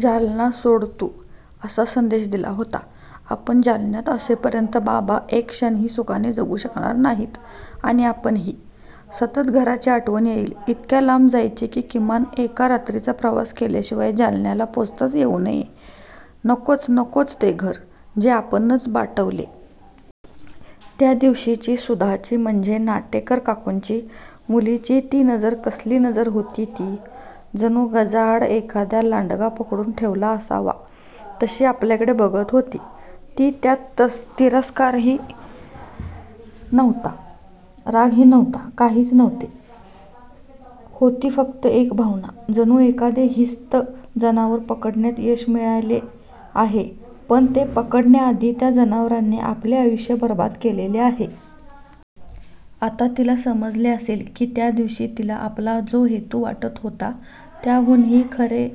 जालना सोड तू! असा संदेश दिला होता. आपण जालन्यात असेपर्यंत बाबा एक क्षणही सुखाने जगू शकणार नाहीत आणि आपणही! सतत घराची आठवण येईल. इतक्या लांब जायचे की किमान एका रात्रीचा प्रवास केल्याशिवाय जालन्याला पोचताच येऊ नये, नकोच-नकोच ते घर, जे आपण बाटवले. त्या दिवशीची सुधाची, म्हणजे नाटेकर काकूंच्या मुलीची ती नजर कसली नजर होती ती! जणू गजांआड एखादा लांडगा पकडून ठेवला असावा तशी आपल्याकडे बघत होती. ती त्यात तिरस्कारही नव्हता, रागही नव्हता, काहीच नव्हते! होती फक्त एक भावना, जणू एखादे हिंस्त जनावर पकडण्यात यश मिळाले आहे पण ते पकडण्याआधी त्या जनावराने आपले आयुष्य बरबाद केलेले आहे. आता तिला समजले असेल! की त्या दिवशी तिला आपला जो हेतू वाटत होता त्याहूनहीखरे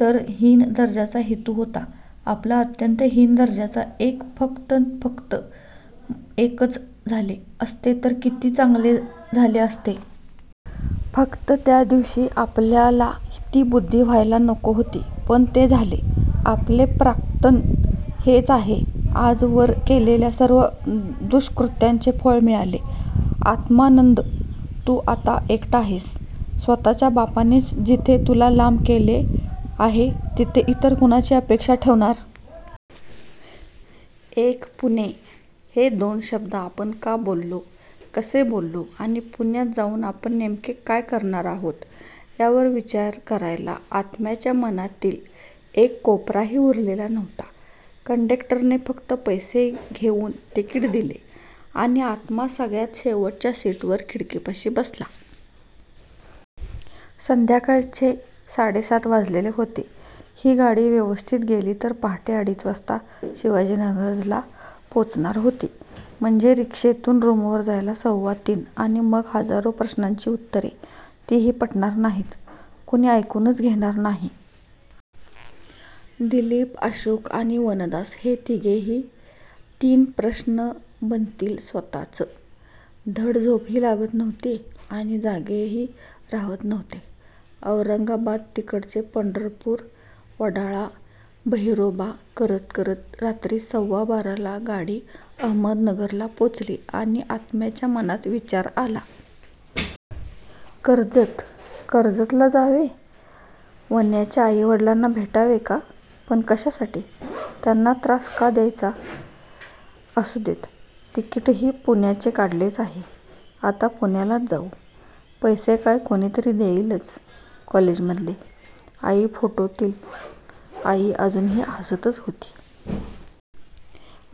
तर हीन दर्जाचा हेतू होता आपला अत्यंत हीन दर्जाचा एकच फक्त-फक्त एकच झाले असते तर किती चांगले झाले असते! फक्त, त्या दिवशी आपल्याला ती बुद्धी व्हायला नको होती. पण ते झाले! आपले प्राक्तन हेच आहे. आजवर केलेल्या सर्व दुष्कृत्यांचे फळ मिळाले. आत्मानंद? तू आता एकटा आहेस. स्वतःच्या बापानेच जिथे तुला लांब केले आहे तिथे इतर कुणाची अपेक्षा ठेवणार. 'एक पुणे' हे दोन शब्द आपण का बोललो, कसे बोललो आणि पुण्यात जाऊन आपण नेमके काय करणार आहोत यावर विचार करायला आत्म्याच्या मनातील एक कोपराही उरलेला नव्हता. कंडक्टरने फक्त पैसे घेऊन तिकीट दिले आणि आत्मा सगळ्यात शेवटच्या सीटवर खिडकीपाशी बसला! संध्याकाळचे साडे सात वाजलेले होते. ही गाडी व्यवस्थित गेली तर पहाटे अडीच वाजता शिवाजीनगरला पोचणार होती. म्हणजे रिक्षेतून रूमवर जायला सव्वा तीन! आणि मग, हजारो प्रश्नांची उत्तरे! तीही पटणार नाहीत. कुणी ऐकूनच घेणार नाही. दिलीप, अशोक आणि वनदास, हे तिघेही तीन प्रश्न बनतील स्वतःच! धड झोपही लागत नव्हती आणि जागेही राहावत नव्हते. औरंगाबाद, तिकडचे पंढरपूर, वडाळा बहिरोबा करत करत रात्री सव्वा बाराला गाडी अहमदनगरला पोचली आणि आत्म्याच्या मनात विचार आला. कर्जत, कर्जतला जावे? वन्याच्या आई वडिलांना भेटावे का? पण, कशासाठी? त्यांना का त्रास द्यायचा? असुदेत, तिकीटही पुण्याचे काढलेच आहे. आता पुण्यालाच जाऊ! पैसे काय? कुणीतरी देईलच कॉलेजमधले! आई! फोटोतील आई अजूनही हसतच होती.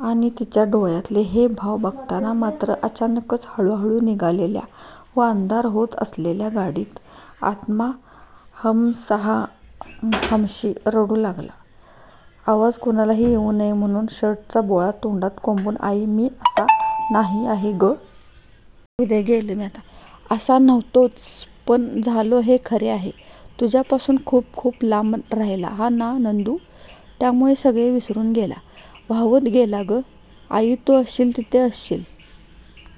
आणि, तिच्या डोळ्यातले ते भाव बघताना मात्र अचानकच, हळू-हळू निघालेल्या व अंधार होत असलेल्या गाडीत आत्मा हमसाहमशी रडू लागला. आवाज कुणाला येऊ नये म्हणून शर्टचा बोळा तोंडात कोंबून आई! मी असा नाही. आहे गं! असा नव्हतोच, पण झालो हे खरे आहे. तुझ्यापासून खूप-खूप लांब राहिला ना नंदू! त्यामुळे सगळे विसरून गेला. वाहवत गेला गं! आई, तू असशील तिथे असशील